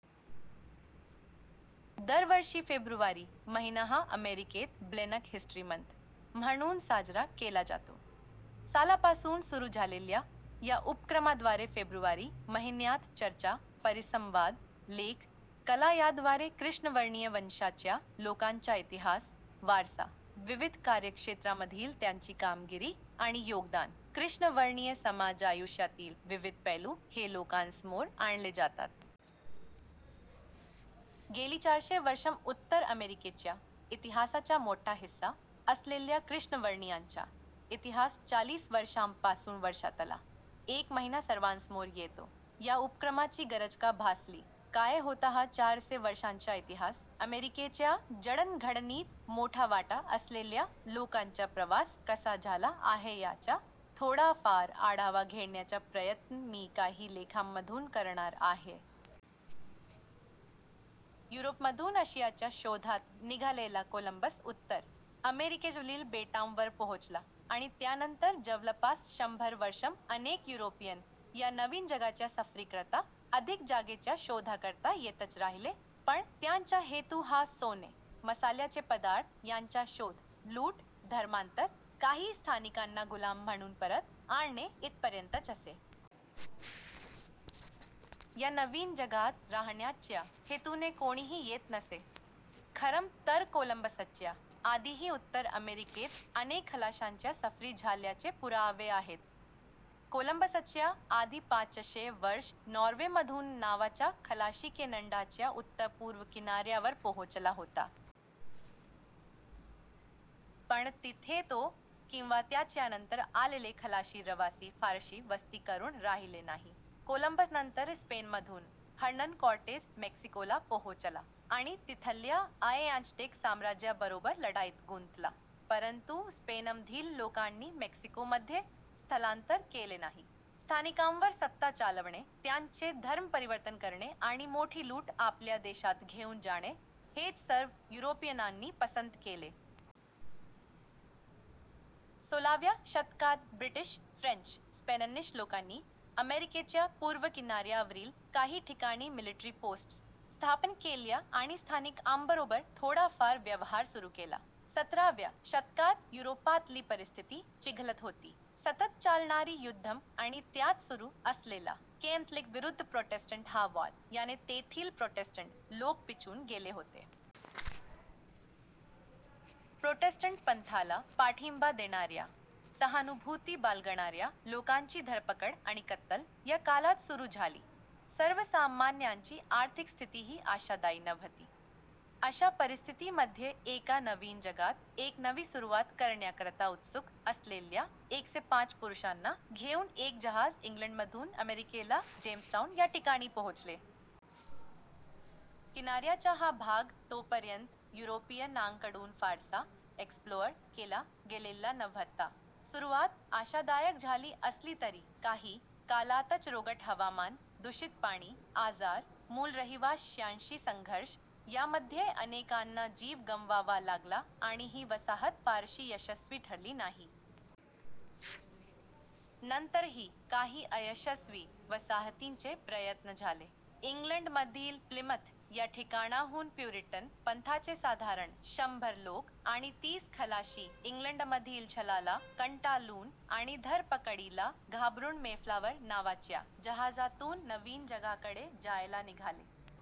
दर वर्षी फेब्रुवारी महिना हा अमेरिकेत 'ब्लॅक हिस्टरी मंथ' म्हणून साजरा केला जातो. सालापासून सुरु झालेल्या या उपक्रमाद्वारे फेब्रुवारी महिन्यात चर्चा, परिसंवाद, लेख, कला याद्वारे कृष्णवर्णीय वंशाच्या लोकांचा इतिहास, वारसा, विविध कार्यक्षेत्रामधील त्यांची कामगिरी आणि योगदान, कृष्णवर्णीय समाजायुष्यातील विविध पैलू हे लोकांसमोर आणले जातात. गेली चारशे वर्षं उत्तर अमेरिकेच्या इतिहासाचा मोठा हिस्सा असलेल्या कृष्णवर्णीयांचा इतिहास चाळीस वर्षांपासून वर्षातला एक महिना सर्वांसमोर येतो. या उपक्रमाची गरज का भासली, काय होता हा चारसे वर्षांचा इतिहास, अमेरिकेच्या जडणघडणीत मोठा वाटा असलेल्या लोकांचा प्रवास कसा झाला आहे याचा थोडाफार आढावा घेण्याचा प्रयत्न मी काही लेखांमधून करणार आहे. युरोपमधून अशियाच्या शोधात निघालेला कोलंबस उत्तर अमेरिकेजवळील बेटांवर पोहोचला, आणि त्यानंतर जवळपास शंभर वर्षं अनेक युरोपियन या नवीन जगाच्या सफरीकरता, अधिक जागेच्या शोधाकरता येतच राहिले. पण त्यांचा हेतू हा सोने, मसाल्याचे पदार्थ यांचा शोध, लूट, धर्मांतर, काही स्थानिकांना गुलाम म्हणून परत आणणे इथपर्यंतच असे. या नवीन जगात राहण्याच्या हेतूने कोणीही येत नसे. खरं तर कोलंबसच्या आधीही उत्तर अमेरिकेत अनेक खलाशांच्या सफरी झाल्याचे पुरावे आहेत. कोलंबसच्या आधी पाचशे वर्ष नॉर्वेमधून नावाचा खलाशी कॅनडाच्या उत्तर पूर्व किनार्यावर पोहोचला होता. पण तिथे तो किंवा त्याच्यानंतर आलेले खलाशी ्रवासी फारशी वस्ती करुन राहिले नाही. कोलंबसनंतर स्पेनमधून हर्नन कॉर्टेझ मेक्सिकोला पोहोचला, आणि तिथल्या अॅझ्टेक साम्राज्याबरोबर लढाईत गुंतला. परंतू स्पेनमधील लोकांनी मेक्सिकोमध्ये स्थलांतर केले नाही. स्थानिकांवर सत्ता चालवणे, त्यांचे धर्मपरिवर्तन करणे आणि मोठी लूट आपल्या देशात घेऊन जाणे हेच सर्व युरोपियनांनी पसंत केले. सोळाव्या शतकात ब्रिटिश, फ्रेंच, स्पॅनिश लोकांनी अमेरिकेच्या पूर्व किनार्यावरील काही ठिकाणी मिलिटरी पोस्ट्स स्थापन केल्या आणि स्थानिकांबरोबर थोडाफार व्यवहार सुरु केला. सतराव्या शतकात युरोपातली परिस्थिती चिघळत होती. सतत चालणारी युद्धं आणि त्यात सुरु असलेला कॅथलिक विरुद्ध प्रोटेस्टंट हा वाद याने तेथील प्रोटेस्टंट लोक पिचून गेले होते. प्रोटेस्टंट पंथाला पाठींबा देणार्या, सहानुभूती बाळगणार्या लोकांची धरपकड आणि कत्तल या काळात सुरु झाली. सर्वसामान्यांची आर्थिक स्थितीही आशादायी नव्हती. अशा परिस्थितीमध्ये एका नवीन जगात एक नवी सुरुवात करण्याकरता उत्सुक असलेल्या एकसे पाच पुरुषांना घेउन एक जहाज इंग्लंडमधून अमेरिकेला जेम्सटाउन या ठिकाणी पोहोचले. किनार्याचा हा भाग तोपर्यंत युरोपियनांकडून फारसा 'एक्स्प्लोअर' केला गेलेला नव्हता. सुरुवात आशादायक झाली असली तरी काही काळातच रोगट हवामान, दुषित पाणी, आजार, मूळ रहिवाश्यांशी संघर्ष यामध्ये अनेकांना जीव गमवावा लागला आणि ही वसाहत फारशी यशस्वी ठरली नाही. नंतरही काही अयशस्वी वसाहतींचे प्रयत्न झाले. इंग्लंडमधील प्लिमथ या ठिकाणाहून प्युरिटन पंथाचे साधारण शंभर लोक आणि तीस खलाशी इंग्लंडमधील छळाला कंटाळून आणि धरपकडीला घाबरुन मेफ्लावर नावाच्या जहाजातून नवीन जगाकडे जायला निघाले.